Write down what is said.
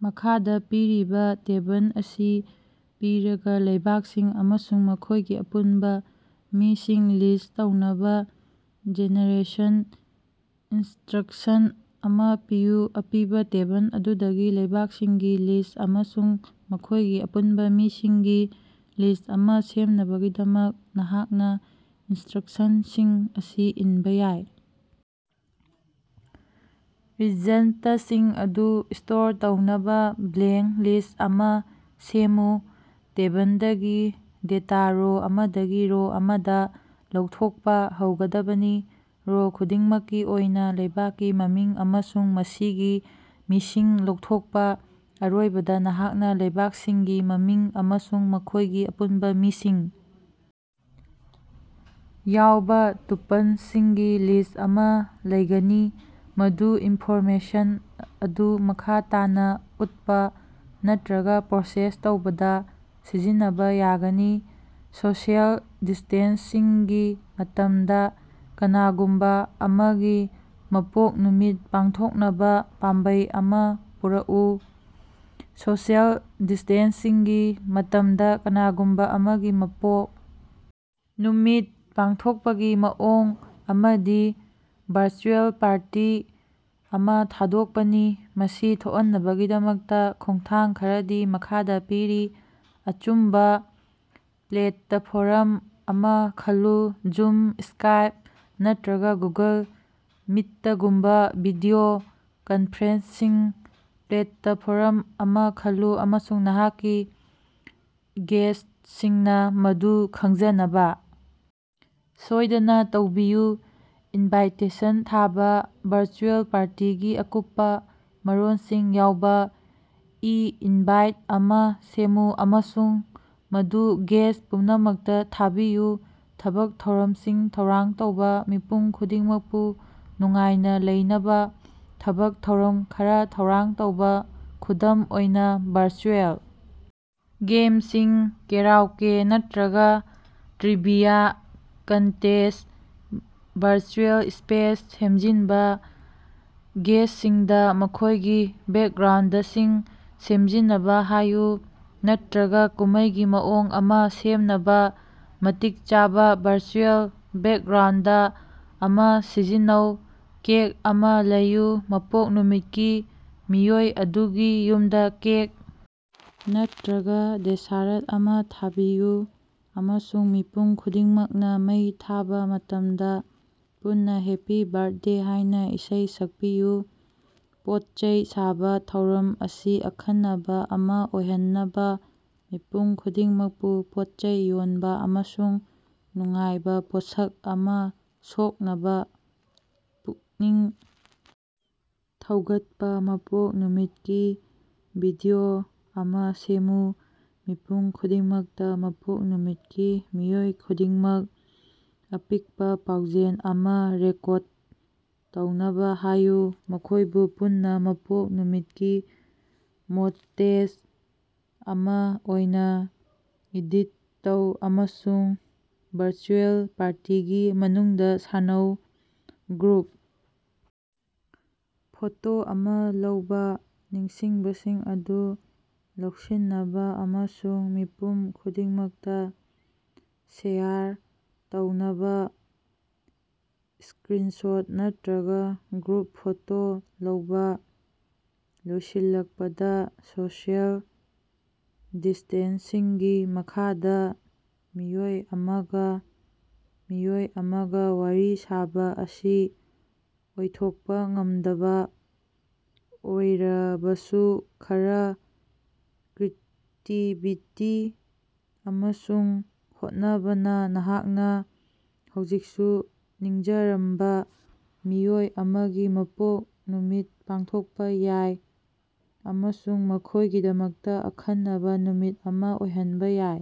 ꯃꯈꯥꯗ ꯄꯤꯔꯤꯕ ꯇꯦꯕꯜ ꯑꯁꯤ ꯄꯤꯔꯒ, ꯂꯩꯕꯥꯛꯁꯤꯡ ꯑꯃꯁꯨꯡ ꯃꯈꯣꯏꯒꯤ ꯑꯄꯨꯟꯕ ꯃꯤꯁꯤꯡ ꯂꯤꯁ ꯇꯧꯅꯕ ꯖꯦꯅꯦꯔꯦꯁꯟ ꯏꯟꯁꯇ꯭ꯔꯛꯁꯟ ꯑꯃ ꯄꯤꯌꯨ꯫ ꯑꯄꯤꯕ ꯇꯦꯕꯜ ꯑꯗꯨꯗꯒꯤ ꯂꯩꯕꯥꯛꯁꯤꯡꯒꯤ ꯂꯤꯁ ꯑꯃꯁꯨꯡ ꯃꯈꯣꯏꯒꯤ ꯑꯄꯨꯟꯕ ꯃꯤꯁꯤꯡꯒꯤ ꯂꯤꯁ ꯑꯃ ꯁꯦꯝꯅꯕꯒꯤꯗꯃꯛ, ꯅꯍꯥꯛꯅ ꯏꯅꯁꯇ꯭ꯔꯛꯁꯟꯁꯤꯡ ꯑꯁꯤ ꯏꯟꯕ ꯌꯥꯏ: ꯔꯤꯖꯜꯇꯁꯤꯡ ꯑꯗꯨ ꯁ꯭ꯇꯣꯔ ꯇꯧꯅꯕꯥ ꯕ꯭ꯂꯦꯡ ꯂꯤꯁ ꯑꯃꯥ ꯁꯦꯝꯃꯨ꯫ ꯇꯦꯕꯜꯗꯒꯤ ꯗꯦꯇꯥ ꯔꯣ ꯑꯃꯗꯒꯤ ꯔꯣ ꯑꯃꯗꯥ ꯂꯧꯊꯣꯛꯄ ꯍꯧꯒꯗꯕꯅꯤ꯫ ꯔꯣ ꯈꯨꯗꯤꯡꯃꯛꯀꯤ ꯑꯣꯏꯅꯥ ꯂꯩꯕꯥꯛꯀꯤ ꯃꯃꯤꯡ ꯑꯃꯁꯨꯡ ꯃꯁꯤꯒꯤ ꯃꯤꯁꯤꯡ ꯂꯧꯊꯣꯛꯄ꯫ ꯑꯔꯣꯏꯕꯗ, ꯅꯍꯥꯛꯅ ꯂꯩꯕꯥꯛꯁꯤꯡꯒꯤ ꯃꯃꯤꯡ ꯑꯃꯁꯨꯡ ꯃꯈꯣꯏꯒꯤ ꯑꯄꯨꯟꯕ ꯃꯤꯁꯤꯡ ꯌꯥꯎꯕ ꯇꯨꯄꯜꯁꯤꯡꯒꯤ ꯂꯤꯁ ꯑꯃꯥ ꯂꯩꯒꯅꯤ, ꯃꯗꯨ ꯏꯟꯐꯣꯔꯃꯦꯁꯟ ꯑꯗꯨ ꯃꯈꯥ ꯇꯥꯅ ꯎꯠꯄ ꯅꯠꯇ꯭ꯔꯒ ꯄ꯭ꯔꯣꯁꯦꯁ ꯇꯧꯕꯗ ꯁꯤꯖꯤꯟꯅꯕ ꯌꯥꯒꯅꯤ꯫ ꯁꯣꯁꯤꯑꯦꯜ ꯗꯤꯁ꯭ꯇꯦꯟꯁꯤꯡꯒꯤ ꯃꯇꯝꯗ ꯀꯅꯥꯒꯨꯝꯕ ꯑꯃꯒꯤ ꯃꯄꯣꯛ ꯅꯨꯃꯤꯠ ꯄꯥꯡꯊꯣꯛꯅꯕ ꯄꯥꯝꯕꯩ ꯑꯃꯥ ꯄꯨꯔꯛꯎ꯫ ꯁꯣꯁꯤꯑꯦꯜ ꯗꯤꯁ꯭ꯇꯦꯟꯁꯤꯡꯒꯤ ꯃꯇꯝꯗ ꯀꯅꯥꯒꯨꯝꯕ ꯑꯃꯒꯤ ꯃꯄꯣꯛ ꯅꯨꯃꯤꯠ ꯄꯥꯡꯊꯣꯛꯄꯒꯤ ꯃꯑꯣꯡ ꯑꯃꯗꯤ ꯚꯔꯆꯨꯑꯦꯜ ꯄꯥꯔꯇꯤ ꯑꯃ ꯊꯥꯗꯣꯛꯄꯅꯤ꯫ ꯃꯁꯤ ꯊꯣꯛꯍꯟꯅꯕꯒꯤꯗꯃꯛꯇ ꯈꯣꯡꯊꯥꯡ ꯈꯔꯗꯤ ꯃꯈꯥꯗꯥ ꯄꯤꯔꯤ: ꯑꯆꯨꯝꯕꯥ ꯄ꯭ꯂꯦꯇꯐꯣꯔꯝ ꯑꯃꯥ ꯈꯜꯂꯨ: ꯖꯨꯝ, ꯁ꯭ꯀꯥꯏꯞ, ꯅꯠꯇ꯭ꯔꯒ ꯒꯨꯒꯜ ꯃꯤꯇꯒꯨꯝꯕ ꯚꯤꯗꯤꯑꯣ ꯀꯟꯐꯔꯦꯟꯁꯤꯡ ꯄ꯭ꯂꯦꯇꯐꯣꯔꯝ ꯑꯃ ꯈꯜꯂꯨ, ꯑꯃꯁꯨꯡ ꯅꯍꯥꯛꯀꯤ ꯒꯦꯁ꯭ꯇꯁꯤꯡꯅꯥ ꯃꯗꯨ ꯈꯪꯖꯅꯕꯥ ꯁꯣꯏꯗꯅ ꯇꯧꯕꯤꯌꯨ꯫ ꯏꯟꯚꯥꯏꯇꯦꯁꯟ ꯊꯥꯕ: ꯚꯔꯆꯨꯑꯦꯜ ꯄꯥꯔꯇꯤꯒꯤ ꯑꯀꯨꯞꯄꯥ ꯃꯔꯣꯜꯁꯤꯡ ꯌꯥꯎꯕ ꯏ-ꯏꯟꯚꯥꯏꯠ ꯑꯃꯥ ꯁꯦꯝꯃꯨ ꯑꯃꯁꯨꯡ ꯃꯗꯨ ꯒꯦꯁ ꯄꯨꯝꯅꯃꯛꯇ ꯊꯥꯕꯤꯌꯨ꯫ ꯊꯕꯛ ꯊꯧꯔꯝꯁꯤꯡ ꯊꯧꯔꯥꯡ ꯇꯧꯕ: ꯃꯤꯄꯨꯝ ꯈꯨꯗꯤꯡꯃꯛꯄꯨ ꯅꯨꯡꯉꯥꯏꯅ ꯂꯩꯅꯕ ꯊꯕꯛ ꯊꯧꯔꯝ ꯈꯔꯥ ꯊꯧꯔꯥꯡ ꯇꯧꯕ, ꯈꯨꯗꯝ ꯑꯣꯏꯅ, ꯚꯔꯆꯨꯑꯦꯜ ꯒꯦꯝꯁꯤꯡ, ꯀꯦꯔꯥꯎꯀꯦ ꯅꯠꯇ꯭ꯔꯒ ꯇ꯭ꯔꯤꯕꯤꯌꯥ ꯀꯟꯇꯦꯁ꯫ ꯚꯔꯆꯨꯑꯦꯜ ꯁ꯭ꯄꯦꯁ ꯁꯦꯝꯖꯤꯟꯕ: ꯒꯦꯁ꯭ꯇꯁꯤꯡꯗ ꯃꯈꯣꯏꯒꯤ ꯕꯦꯛꯒ꯭ꯔꯥꯎꯟꯗꯁꯤꯡ ꯁꯦꯝꯖꯤꯟꯅꯕ ꯍꯥꯏꯌꯨ ꯅꯠꯇ꯭ꯔꯒꯥ ꯀꯨꯝꯃꯩꯒꯤ ꯃꯑꯣꯡ ꯑꯃꯥ ꯁꯦꯝꯅꯕꯥ ꯃꯇꯤꯛ ꯆꯥꯕ ꯚꯔꯆꯨꯑꯦꯜ ꯕꯦꯛꯒ꯭ꯔꯥꯎꯟꯗ ꯑꯃꯥ ꯁꯤꯖꯤꯟꯅꯧ꯫ ꯀꯦꯛ ꯑꯃꯥ ꯂꯩꯌꯨ: ꯃꯄꯣꯛ ꯅꯨꯃꯤꯠꯀꯤ ꯃꯤꯑꯣꯏ ꯑꯗꯨꯒꯤ ꯌꯨꯝꯗꯥ ꯀꯦꯛ ꯅꯠꯇ꯭ꯔꯒꯥ ꯗꯦꯁꯔꯠ ꯑꯃꯥ ꯊꯥꯕꯤꯌꯨ, ꯑꯃꯁꯨꯡ ꯃꯤꯄꯨꯝ ꯈꯨꯗꯤꯡꯃꯛꯅ ꯃꯩ ꯊꯥꯕ ꯃꯇꯝꯗ ꯄꯨꯟꯅ "ꯍꯦꯞꯄꯤ ꯕꯔꯊꯗꯦ" ꯍꯥꯏꯅꯥ ꯏꯁꯩ ꯁꯛꯄꯤꯌꯨ꯫ ꯄꯣꯠꯆꯩ ꯁꯥꯕ: ꯊꯧꯔꯝ ꯑꯁꯤ ꯑꯈꯟꯅꯕ ꯑꯃ ꯑꯣꯏꯍꯟꯅꯕ ꯃꯤꯄꯨꯝ ꯈꯨꯗꯤꯡꯃꯛꯄꯨ ꯄꯣꯠꯆꯩ ꯌꯣꯟꯕ ꯑꯃꯁꯨꯡ ꯅꯨꯡꯉꯥꯏꯕ ꯄꯣꯠꯁꯛ ꯑꯃ ꯁꯣꯛꯅꯕ ꯄꯨꯛꯅꯤꯡ ꯊꯧꯒꯠꯄ꯫ ꯃꯄꯣꯛ ꯅꯨꯃꯤꯠꯀꯤ ꯚꯤꯗꯤꯑꯣ ꯑꯃ ꯁꯦꯝꯃꯨ: ꯃꯤꯄꯨꯝ ꯈꯨꯗꯤꯡꯃꯛꯇ ꯃꯄꯣꯛ ꯅꯨꯃꯤꯠꯀꯤ ꯃꯤꯑꯣꯏ ꯈꯨꯗꯤꯡꯃꯛ ꯑꯄꯤꯛꯄꯥ ꯄꯥꯎꯖꯦꯜ ꯑꯃꯥ ꯔꯦꯀꯣꯔꯗ ꯇꯧꯅꯕꯥ ꯍꯥꯏꯌꯨ, ꯃꯈꯣꯏꯕꯨ ꯄꯨꯟꯅ ꯃꯄꯣꯛ ꯅꯨꯃꯤꯠꯀꯤ ꯃꯣꯟꯇꯦꯖ ꯑꯃꯥ ꯑꯣꯏꯅꯥ ꯑꯦꯗꯤꯠ ꯇꯧ, ꯑꯃꯁꯨꯡ ꯚꯔꯆꯨꯑꯦꯜ ꯄꯥꯔꯇꯤꯒꯤ ꯃꯅꯨꯡꯗ ꯁꯥꯟꯅꯧ꯫ ꯒ꯭ꯔꯨꯞ ꯐꯣꯇꯣ ꯑꯃ ꯂꯧꯕ: ꯅꯤꯡꯁꯤꯡꯕꯁꯤꯡ ꯑꯗꯨ ꯂꯧꯁꯤꯟꯅꯕ ꯑꯃꯁꯨꯡ ꯃꯤꯄꯨꯝ ꯈꯨꯗꯤꯡꯃꯛꯇ ꯁꯦꯌꯔ ꯇꯧꯅꯕ ꯏꯁ꯭ꯀꯔꯤꯟꯁꯣꯠ ꯅꯠꯇ꯭ꯔꯒ ꯒ꯭ꯔꯨꯞ ꯐꯣꯇꯣ ꯂꯧꯕ꯫ ꯂꯣꯏꯁꯤꯜꯂꯛꯄꯗ, ꯁꯣꯁꯤꯑꯦꯜ ꯗꯤꯁ꯭ꯇꯦꯟꯁꯤꯡꯒꯤ ꯃꯈꯥꯗ ꯃꯤꯑꯣꯏ ꯑꯃꯒ ꯃꯤꯑꯣꯏ ꯑꯃꯒ ꯋꯥꯔꯤ ꯁꯥꯕ ꯑꯁꯤ ꯑꯣꯏꯊꯣꯛꯄ ꯉꯝꯗꯕ ꯑꯣꯏꯔꯕꯁꯨ, ꯈꯔꯥ ꯀ꯭ꯔꯤꯇꯤꯕꯤꯇꯤ ꯑꯃꯁꯨꯡ ꯍꯣꯠꯅꯕꯅ, ꯅꯍꯥꯛꯅ ꯍꯧꯖꯤꯛꯁꯨ ꯅꯤꯡꯖꯔꯝꯕ ꯃꯤꯑꯣꯏ ꯑꯃꯒꯤ ꯃꯄꯣꯛ ꯅꯨꯃꯤꯠ ꯄꯥꯡꯊꯣꯛꯄꯥ ꯌꯥꯏ ꯑꯃꯁꯨꯡ ꯃꯈꯣꯏꯒꯤꯗꯃꯛꯇ ꯑꯈꯟꯅꯕ ꯅꯨꯃꯤꯠ ꯑꯃ ꯑꯣꯏꯍꯟꯕ ꯌꯥꯏ꯫